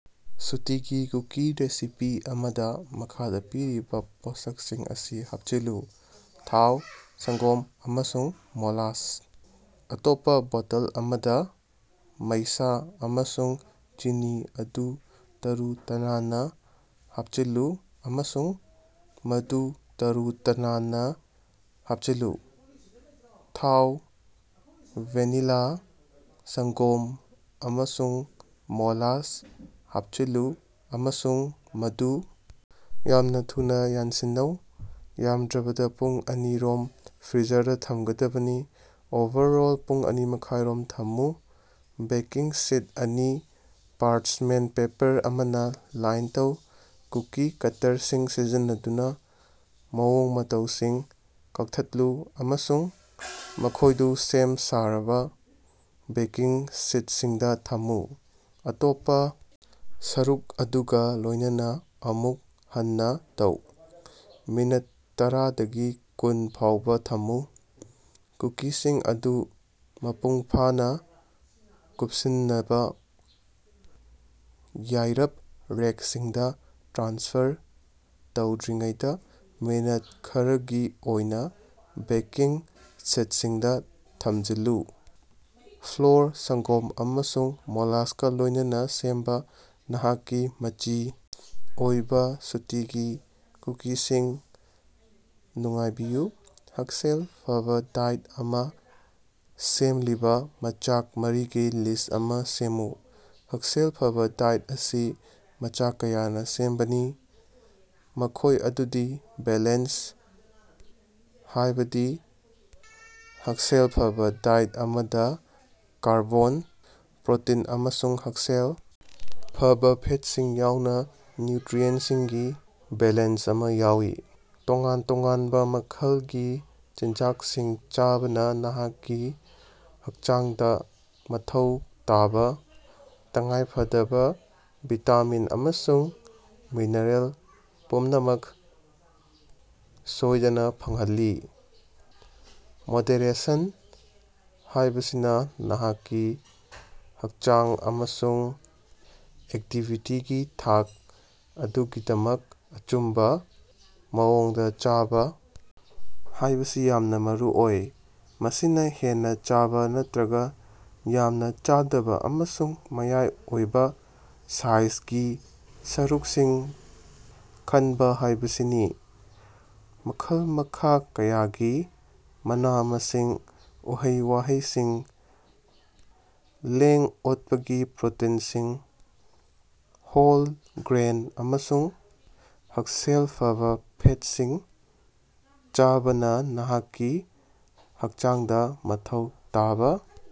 ꯁꯨꯇꯤꯒꯤ ꯀꯨꯀꯤ recipe ꯑꯃꯗꯥ ꯃꯈꯥꯗꯥ ꯄꯤꯔꯤꯕꯥ ꯄꯣꯠꯁꯛꯁꯤꯡ ꯑꯁꯤ ꯍꯥꯞꯆꯤꯜꯂꯨ: ꯊꯥꯎ, ꯁꯪꯒꯣꯝ, ꯑꯃꯁꯨꯡ ꯃꯣꯂꯥꯁ꯫ ꯑꯇꯣꯞꯄꯥ ꯕꯣꯇꯜ ꯑꯃꯗꯥ, ꯃꯩꯁꯥ ꯑꯃꯁꯨꯡ ꯆꯤꯅꯤ ꯑꯗꯨ ꯇꯔꯨ-ꯇꯅꯥꯟꯅꯥ ꯍꯥꯞꯆꯤꯜꯂꯨ ꯑꯃꯁꯨꯡ ꯃꯗꯨ ꯇꯔꯨ-ꯇꯅꯥꯟꯅꯥ ꯍꯥꯞꯆꯤꯜꯂꯨ꯫ ꯊꯥꯎ, ꯚꯦꯅꯤꯂꯥ, ꯁꯪꯒꯣꯝ, ꯑꯃꯁꯨꯡ ꯃꯣꯂꯥꯁ ꯍꯥꯞꯆꯤꯜꯂꯨ ꯑꯃꯁꯨꯡ ꯃꯗꯨ ꯌꯥꯝꯅꯥ ꯊꯨꯅꯥ ꯌꯥꯟꯁꯤꯟꯅꯧ꯫ ꯌꯥꯝꯗ꯭ꯔꯕꯗꯥ ꯄꯨꯡ ꯑꯅꯤ ꯔꯣꯝ ꯐ꯭ꯔꯤꯖꯔꯗꯥ ꯊꯝꯒꯗꯕꯅꯤ꯫ ꯑꯣꯚꯔꯑꯣꯜ ꯄꯨꯡ ꯑꯅꯤꯃꯈꯥꯏꯔꯣꯝ ꯊꯝꯃꯨ꯫ ꯕꯦꯀꯤꯡ ꯁꯤꯠ ꯑꯅꯤ ꯄꯥꯔꯆꯃꯦꯟ ꯄꯦꯄꯔ ꯑꯃꯅꯥ ꯂꯥꯏꯟ ꯇꯧ꯫ ꯀꯨꯀꯤ ꯀꯠꯇꯔꯁꯤꯡ ꯁꯤꯖꯤꯟꯅꯗꯨꯅꯥ ꯃꯑꯣꯡ-ꯃꯇꯧꯁꯤꯡ ꯀꯛꯊꯠꯂꯨ ꯑꯃꯁꯨꯡ ꯃꯈꯣꯏꯗꯨ ꯁꯦꯝ-ꯁꯥꯔꯕꯥ ꯕꯦꯀꯤꯡ ꯁꯤꯠꯁꯤꯡꯗꯥ ꯊꯝꯃꯨ꯫ ꯑꯇꯣꯞꯄꯥ ꯁꯔꯨꯛ ꯑꯗꯨꯒꯥ ꯂꯣꯏꯅꯅꯥ ꯑꯃꯨꯛ ꯍꯟꯅꯥ ꯇꯧ꯫ ꯃꯤꯅꯠ ꯇꯔꯥꯗꯒꯤ ꯀꯨꯟ ꯐꯥꯎꯕꯥ ꯊꯝꯃꯨ꯫ ꯀꯨꯀꯤꯁꯤꯡ ꯑꯗꯨ ꯃꯄꯨꯡꯐꯥꯅꯥ ꯀꯨꯞꯁꯤꯟꯅꯕꯥ ꯋꯥꯏꯔꯞ ꯔꯦꯛꯁꯤꯡꯗꯥ ꯇ꯭ꯔꯥꯟꯁꯐꯔ ꯇꯧꯗ꯭ꯔꯤꯉꯩꯗꯥ ꯃꯤꯅꯠ ꯈꯔꯒꯤ ꯑꯣꯏꯅꯥ ꯕꯦꯀꯤꯡ ꯁꯤꯠꯁꯤꯡꯗꯥ ꯊꯝꯖꯤꯜꯂꯨ꯫ ꯐ꯭ꯂꯣꯔ, ꯁꯪꯒꯣꯝ ꯑꯃꯁꯨꯡ ꯃꯣꯂꯥꯁꯀꯥ ꯂꯣꯏꯅꯅꯥ ꯁꯦꯝꯕꯥ ꯅꯍꯥꯛꯀꯤ ꯃꯆꯤ ꯑꯣꯏꯕꯥ ꯁꯨꯇꯤꯒꯤ ꯀꯨꯀꯤꯁꯤꯡ ꯅꯨꯡꯉꯥꯏꯕꯤꯌꯨ꯫ ꯍꯛꯁꯦꯜ ꯐꯕꯥ ꯗꯥꯏꯠ ꯑꯃꯥ ꯁꯦꯝꯂꯤꯕꯥ ꯃꯆꯥꯛ ꯃꯔꯤꯒꯤ ꯂꯤꯁ ꯑꯃꯥ ꯁꯦꯝꯃꯨ꯫ ꯍꯛꯁꯦꯜ ꯐꯕꯥ ꯗꯥꯏꯠ ꯑꯁꯤ ꯃꯆꯥꯛ ꯀꯌꯥꯅꯥ ꯁꯦꯝꯕꯅꯤ꯫ ꯃꯈꯣꯏ ꯑꯗꯨꯗꯤ ꯕꯦꯂꯦꯟꯁ ꯍꯥꯏꯕꯥꯗꯤ ꯍꯛꯁꯦꯜ ꯐꯕꯥ ꯗꯥꯏꯠ ꯑꯃꯗꯥ ꯀꯥꯔꯕꯣꯟ, ꯄ꯭ꯔꯣꯇꯤꯟ ꯑꯃꯁꯨꯡ ꯍꯛꯁꯦꯜ ꯐꯕꯥ ꯐꯦꯠꯁꯤꯡ ꯌꯥꯎꯅꯥ ꯅ꯭ꯌꯨꯇ꯭ꯔꯤꯑꯦꯟꯁꯤꯡꯒꯤ ꯕꯦꯂꯦꯟꯁ ꯑꯃꯥ ꯌꯥꯎꯏ꯫ ꯇꯣꯉꯥꯟ-ꯇꯣꯉꯥꯟꯕꯥ ꯃꯈꯜꯒꯤ ꯆꯤꯟꯖꯥꯛꯁꯤꯡ ꯆꯥꯕꯅꯥ ꯅꯍꯥꯛꯀꯤ ꯍꯛꯆꯥꯡꯗꯥ ꯃꯊꯧ ꯇꯥꯕꯥ ꯇꯉꯥꯏꯐꯗꯕꯥ ꯚꯤꯇꯥꯃꯤꯟ ꯑꯃꯁꯨꯡ ꯃꯤꯅꯔꯦꯜ ꯄꯨꯝꯅꯃꯛ ꯁꯣꯏꯗꯅꯥ ꯐꯪꯍꯜꯂꯤ꯫ ꯃꯣꯗꯦꯔꯦꯁꯟ ꯍꯥꯏꯕꯁꯤꯅ ꯅꯍꯥꯛꯀꯤ ꯍꯛꯆꯥꯡ ꯑꯃꯁꯨꯡ ꯑꯦꯛꯇꯤꯚꯤꯇꯤꯒꯤ ꯊꯥꯛ ꯑꯗꯨꯒꯤꯗꯃꯛ ꯑꯆꯨꯝꯕꯥ ꯃꯑꯣꯡꯗꯥ ꯆꯥꯕꯥ ꯍꯥꯏꯕꯁꯤ ꯌꯥꯝꯅꯥ ꯃꯔꯨꯑꯣꯏ꯫ ꯃꯁꯤꯅꯥ ꯍꯦꯟꯅꯥ ꯆꯥꯕꯥ ꯅꯠꯇ꯭ꯔꯒꯥ ꯌꯥꯝꯅꯥ ꯆꯥꯗꯕꯥ ꯑꯃꯁꯨꯡ ꯃꯌꯥꯏ ꯑꯣꯏꯕꯥ ꯁꯥꯏꯖꯒꯤ ꯁꯔꯨꯛꯁꯤꯡ ꯈꯟꯕ ꯍꯥꯏꯕꯁꯤꯅꯤ꯫ ꯃꯈꯜ-ꯃꯈꯥ ꯀꯌꯥꯒꯤ ꯃꯅꯥ-ꯃꯁꯤꯡ, ꯎꯍꯩ-ꯋꯥꯍꯩꯁꯤꯡ, ꯂꯦꯡ-ꯑꯣꯠꯄꯒꯤ ꯄ꯭ꯔꯣꯇꯤꯟꯁꯤꯡ, ꯍꯣꯜ ꯒ꯭ꯔꯦꯟ ꯑꯃꯁꯨꯡ ꯍꯛꯁꯦꯜ ꯐꯕꯥ ꯐꯦꯠꯁꯤꯡ ꯆꯥꯕꯅꯥ ꯅꯍꯥꯛꯀꯤ ꯍꯛꯆꯥꯡꯗꯥ ꯃꯊꯧ ꯇꯥꯕꯥ